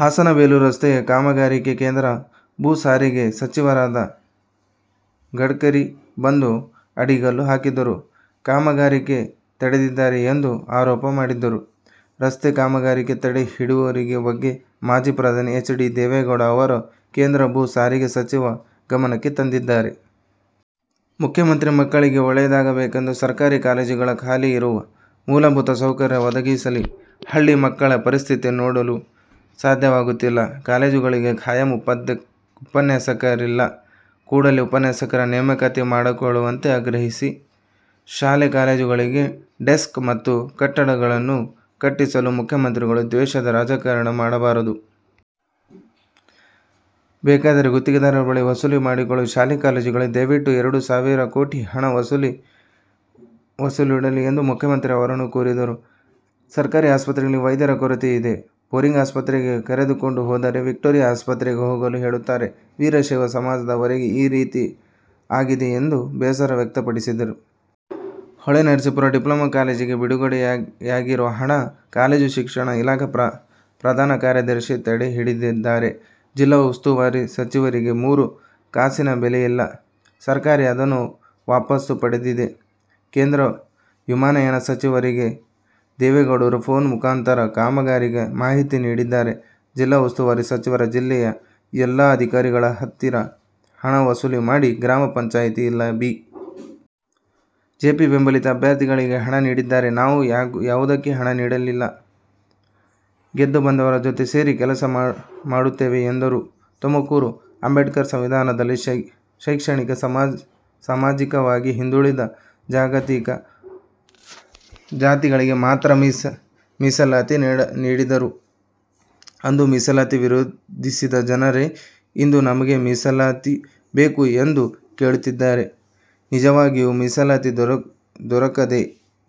ಹಾಸನ ಬೇಲೂರು ರಸ್ತೆ ಕಾಮಗಾರಿಗೆ ಕೇಂದ್ರ ಭೂ ಸಾರಿಗೆ ಸಚಿವರಾದ ಗಡ್ಕರಿ ಬಂದು ಅಡಿಗಲ್ಲು ಹಾಕಿರುವ ಕಾಮಗಾರಿ ತಡೆದಿದ್ದಾರೆ ಎಂದು ಆರೋಪ ಮಾಡಿದರು. ರಸ್ತೆ ಕಾಮಗಾರಿ ತಡೆ ಹಿಡಿದಿರುವ ಬಗ್ಗೆ ಮಾಜಿ ಪ್ರಧಾನಿ ಎಚ್. ಡಿ. ದೇವೇಗೌಡ ಅವರು ಕೇಂದ್ರ ಭೂ ಸಾರಿಗೆ ಸಚಿವರ ಗಮನಕ್ಕೆ ತಂದಿದ್ದಾರೆ. ಮುಖ್ಯಮಂತ್ರಿ ಮಕ್ಕಳಿಗೆ ಒಳ್ಳೆಯಾದಾಗಬೇಕಾದರೆ ಸರ್ಕಾರಿ ಕಾಲೇಜುಗಳಲ್ಲಿ ಖಾಲಿ ಇರುವ ಮೂಲಭೂತ ಸೌಕರ್ಯ ಒದಗಿಸಲಿ. ಹಳ್ಳಿ ಮಕ್ಕಳ ಪರಿಸ್ಥಿತಿ ನೋಡಲು ಸಾಧ್ಯವಾಗುತ್ತಿಲ್ಲ. ಕಾಲೇಜುಗಳಲ್ಲಿ ಖಾಯಂ ಉಪನ್ಯಾಸಕರಿಲ್ಲ. ಕೂಡಲೇ ಉಪನ್ಯಾಸಕರ ನೇಮಕಾತಿ ಮಾಡಿಕೊಳ್ಳುವಂತೆ ಆಗ್ರಹಿಸಿದರು. ಶಾಲೆ ಕಾಲೇಜುಗಳಿಗೆ ಡೆಸ್ಕ್ ಮತ್ತು ಕಟ್ಟಡಗಳನ್ನು ಕಟ್ಟಿಸಲ್ಲಿ. ಮುಖ್ಯಮಂತ್ರಿಗಳು ದ್ವೇಷದ ರಾಜಕಾರಣ ಮಾಡಬಾರದು. ಬೇಕಾದರೇ ಗುತ್ತಿಗೆದಾರರ ಬಳಿ ವಸೂಲಿ ಮಾಡಿಕೊಳ್ಳಲಿ. ಶಾಲೆ -ಕಾಲೇಜುಗಳಿಗೆ ದಯವಿಟ್ಟು ಎರಡು ಸಾವಿರ ಕೋಟಿ ಹಣ ಮೀಸಲಿಡಿ ಎಂದು ಮುಖ್ಯಮಂತ್ರಿ ಅವರನ್ನು ಕೋರಿದರು. ಸರ್ಕಾರಿ ಆಸ್ಪತ್ರೆಯಲ್ಲಿ ವೈದ್ಯರ ಕೊರತೆ ಇದೆ. ಬೋರಿಂಗ್ ಆಸ್ಪತ್ರೆಗೆ ಕರೆದುಕೊಂಡು ಹೋದರೆ ವಿಕ್ಟೋರಿಯಾ ಆಸ್ಪತ್ರೆಗೆ ಹೋಗಲು ಹೇಳುತ್ತಾರೆ. ವೀರಶೈವ ಸಮಾಜದವರೆಗೆ ಈ ರೀತಿ ಆಗಿದೆ ಎಂದು ಬೇಸರ ವ್ಯಕ್ತಪಡಿಸಿದರು. ಹೊಳೆನರಸೀಪುರ ಡಿಪ್ಲೊಮಾ ಕಾಲೇಜಿಗೆ ಬಿಡುಗಡೆಯಾಗಿರುವ ಹಣ ಕಾಲೇಜು ಶಿಕ್ಷಣ ಇಲಾಖೆ ಪ್ರಧಾನ ಕಾರ್ಯದರ್ಶಿ ತಡೆಹಿಡಿದಿದ್ದಾರೆ. ಜಿಲ್ಲಾ ಉಸ್ತುವಾರಿ ಸಚಿವರಿಗೆ ಮೂರು ಕಾಸಿನ ಬೆಲೆಯಿಲ್ಲ. ಸರ್ಕಾರ ಅದನ್ನು ವಾಪಸ್ಸು ಪಡೆದಿದೆ. ಕೇಂದ್ರ ವಿಮಾನಯಾನ ಸಚಿವರಿಗೆ ದೇವೆಗೌಡರು ಫೋನ್ ಮುಖಾಂತರ ಕಾಮಗಾರಿ ಮಾಹಿತಿ ನೀಡಿದ್ದಾರೆ. ಜಿಲ್ಲಾ ಉಸ್ತುವಾರಿ ಸಚಿವರು ಜಿಲ್ಲೆಯ ಎಲ್ಲಾ ಅಧಿಕಾರಿಗಳ ಹತ್ತಿರ ಹಣ ವಸೂಲಿ ಮಾಡಿ ಗ್ರಾಮ ಪಂಚಾಯತಿಯಲ್ಲಿ ಬಿ. ಜೆ. ಪಿ. ಬೆಂಬಲಿತ ಅಭ್ಯರ್ಥಿಗಳಿಗೆ ಹಣ ನೀಡಿದ್ದಾರೆ. ನಾವು ಯಾವುದೇ ಹಣ ನೀಡಿಲ್ಲ. ಗೆದ್ದು ಬಂದವರ ಜೊತೆ ಸೇರಿ ಕೆಲಸ ಮಾಡುತ್ತೇವೆ ಎಂದರು. ತುಮಕೂರು: ಅಂಬೇಡ್ಕರ್ ಸಂವಿಧಾನದಲ್ಲಿ ಶೈಕ್ಷಣಿಕ, ಸಾಮಾಜಿಕವಾಗಿ ಹಿಂದುಳಿದ ಜಾತಿಗಳಿಗೆ ಮಾತ್ರ ಮೀಸಲಾತಿ ನೀಡಿದರು. ಅಂದು ಮೀಸಲಾತಿ ವಿರೋಧಿಸಿದ್ದ ಜನರೇ ಇಂದು ನಮಗೆ ಮೀಸಲಾತಿ ಬೇಕು ಎಂದು ಕೇಳುತ್ತಿದ್ದಾರೆ ನಿಜವಾಗಿಯೂ ಮೀಸಲಾತಿ ದೊರಕದೇ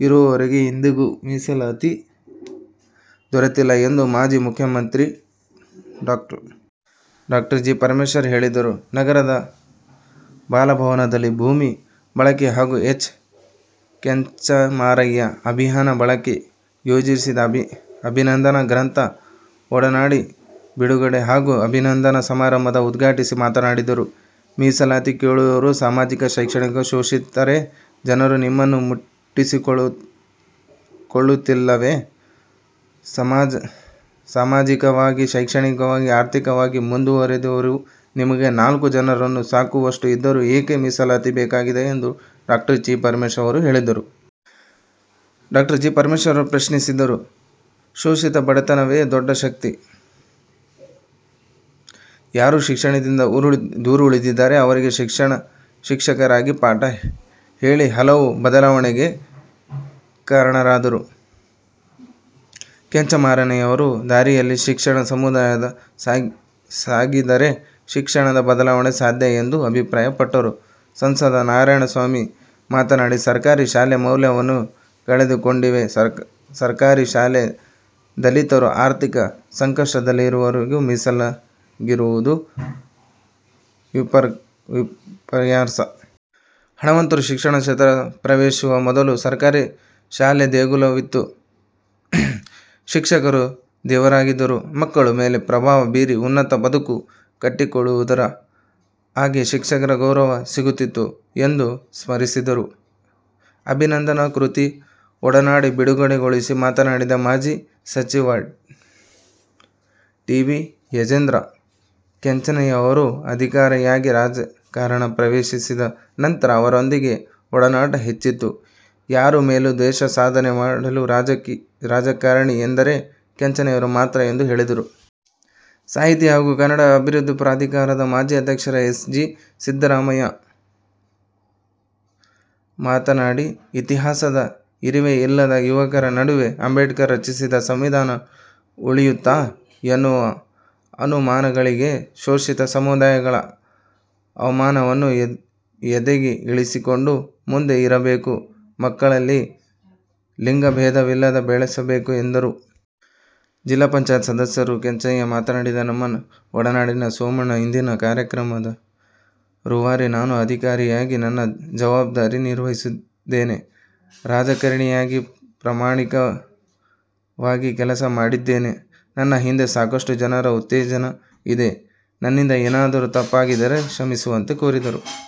ಇರುವವರಿಗೆ ಇಂದಿಗೂ ಮೀಸಲಾತಿ ದೊರೆತ್ತಿಲ್ಲ ಎಂದು ಮಾಜಿ ಉಪಮುಖ್ಯಮಂತ್ರಿ ಡಾ. ಜಿ. ಪರಮೇಶ್ವರ್ ಹೇಳಿದರು. ನಗರದ ಬಾಲಭವನದಲ್ಲಿ ಭೂಮಿ ಬಳಗ ಹಾಗೂ ಎಚ್. ಕೆಂಚಮಾರಯ್ಯ ಅಭಿಮಾನಿ ಬಳಗ ಆಯೋಜಿಸಿದ್ದ ಅಭಿನಂದನಾ ಗ್ರಂಥ ಒಡನಾಡಿ ಬಿಡುಗಡೆ ಹಾಗೂ ಅಭಿನಂದನಾ ಸಮಾರಂಭವನ್ನು ಉದ್ಘಾಟಿಸಿ ಮಾತನಾಡಿದರು. ಮೀಸಲಾತಿ ಕೇಳುವವರು ಸಾಮಾಜಿಕ, ಶೈಕ್ಷಣಿಕವಾಗಿ ಶೋಷಿತರೆ, ಜನರು ನಿಮ್ಮನ್ನು ಮುಟ್ಟಿಸಿಕೊಳ್ಳುತ್ತಿಲ್ಲವೇ, ಸಾಮಾಜಿಕವಾಗಿ, ಶೈಕ್ಷಣಿಕವಾಗಿ, ಆರ್ಥಿಕವಾಗಿ ಮುಂದುವರಿದಿರುವ ನಿಮಗೆ ನಾಲ್ಕು ಜನರನ್ನು ಸಾಕುವಶಕ್ತಿ ಇದ್ದರೂ ಏಕೆ ಮೀಸಲಾತಿ ಬೇಕಾಗಿದೆ ಎಂದು ಡಾ. ಜಿ. ಪರಮೇಶ್ವರ್ ಪ್ರಶ್ನಿಸಿದರು. ಶೋಷಿತರಿಗೆ ಬಡತನವೇ ದೊಡ್ಡ ಶಕ್ತಿ, ಯಾರು ಶಿಕ್ಷಣದಿಂದ ದೂರ ಉಳಿದಿದ್ದರೋ ಅವರೇ ಶಿಕ್ಷಕರಾಗಿಪಾಠ ಹೇಳಿ ಹಲವು ಬದಲಾವಣೆಗೆ ಕಾರಣರಾದರು. ಕೆಂಚಮಾರಯ್ಯಅವರ ದಾರಿಯಲ್ಲಿ ಶಿಕ್ಷಕ ಸಮುದಾಯ ಸಾಗಿದರೆ ಶಿಕ್ಷಣದಲ್ಲಿ ಬದಲಾವಣೆ ಸಾಧ್ಯ ಎಂದು ಅಭಿಪ್ರಾಯಪಟ್ಟರು. ಸಂಸದ ನಾರಾಯಣಸ್ವಾಮಿ ಮಾತನಾಡಿ, ಸರ್ಕಾರಿ ಶಾಲೆ ಮೌಲ್ಯಗಳನ್ನು ಕಳೆದುಕೊಂಡಿವೆ, ಸರ್ಕಾರಿ ಶಾಲೆ ದಲಿತರು, ಆರ್ಥಿಕ ಸಂಕಷ್ಟದಲ್ಲಿರುವವರಿಗೆಮೀಸಲಾಗಿರುವುದು ವಿಪರ್ಯಾಸ. ಹಣವಂತರು ಶಿಕ್ಷಣ ಕ್ಷೇತ್ರ ಪ್ರವೇಶಿಸುವ ಮೊದಲು ಸರ್ಕಾರಿ ಶಾಲೆ ದೇಗುಲವಾಗಿತ್ತು. ಶಿಕ್ಷಕರು ದೇವರಾಗಿದ್ದರು. ಮಕ್ಕಳ ಮೇಲೆ ಪ್ರಭಾವ ಬೀರಿ ಉನ್ನತ ಬದುಕು ಕಟ್ಟಿಕೊಟ್ಟಿದ್ದರು, ಆಗಾಗಿ ಶಿಕ್ಷಕರಿಗೆ ಗೌರವ ಸಿಗುತ್ತಿತ್ತು ಎಂದು ಸ್ಮರಿಸಿದರು. ಅಭಿನಂದನಾ ಕೃತಿ ಒಡನಾಡಿ ಬಿಡುಗಡೆಗೊಳಿಸಿ ಮಾತನಾಡಿದ ಮಾಜಿ ಸಚಿವ ಟಿ. ಬಿ. ಜಯಚಂದ್ರ, ಕೆಂಚಮಾರಯ್ಯ ಅವರು ಅಧಿಕಾರಿಯಾಗಿ, ರಾಜಕಾರಣ ಪ್ರವೇಶಿಸಿದ ನಂತರ ಅವರೊಂದಿಗೆ ಒಡನಾಟ ಹೆಚ್ಚಿತ್ತು, ಯಾರ ಮೇಲೂ ದ್ವೇಷ ಸಾಧನೆ ಮಾಡದ ರಾಜಕಾರಣಿ ಎಂದರೆ ಕೆಂಚಮಾರಯ್ಯ ಮಾತ್ರ ಎಂದು ಹೇಳಿದರು. ಸಾಹಿತಿ ಹಾಗೂ ಕನ್ನಡ ಅಭಿವೃದ್ಧಿ ಪ್ರಾಧಿಕಾರದ ಮಾಜಿ ಅಧ್ಯಕ್ಷ ಎಸ್. ಜಿ. ಸಿದ್ದರಾಮಯ್ಯ ಮಾತನಾಡಿ, ಇತಿಹಾಸದ ಪರಿವೆ ಇಲ್ಲದ ಯುವಕರ ನಡುವೆ ಅಂಬೇಡ್ಕರ್ ರಚಿಸಿದ ಸಂವಿಧಾನ ಉಳಿಯುತ್ತ ಎನ್ನುವ ಅನು ಮಾನಗಳಿವೆ. ಶೋಷಿತ ಸಮುದಾಯಗಳ ಅವಮಾನವನ್ನು ಎದೆಗೆ ಇಳಿಸಿಕೊಂಡು ಮುಂದೆ ಬರಬೇಕು, ಮಕ್ಕಳಲ್ಲಿ ಲಿಂಗಬೇಧವಿಲ್ಲದೆ ಬೆಳೆಸಬೇಕು ಎಂದರು. ಜಿಲ್ಲಾ ಪಂಚಾಯತ್ ಸದಸ್ಯ ಕೆಂಚಮಾರಯ್ಯ ಮಾತನಾಡಿ, ನಮ್ಮ ಒಡನಾಡಿ ಸೋಮಣ್ಣ ಇಂದಿನ ಕಾರ್ಯಕ್ರಮದ ರೂವಾರಿ, ನಾನು ಅಧಿಕಾರಿಯಾಗಿ ನನ್ನ ಜವಾಬ್ದಾರಿ ನಿರ್ವಹಿಸಿದ್ದೇನೆ. ರಾಜಕಾರಣಿಯಾಗಿ ಪ್ರಾಮಾಣಿಕವಾಗಿ ಕೆಲಸ ಮಾಡಿದ್ದೇನೆ. ನನ್ನ ಹಿಂದೆ ಸಾಕಷ್ಟು ಜನರ ಉತ್ತೇಜನ ಇದೆ. ನನ್ನಿಂದ ಏನಾದರೂ ತಪ್ಪಾಗಿದ್ದರೆ ಕ್ಷಮಿಸುವಂತೆ ಕೋರಿದರು.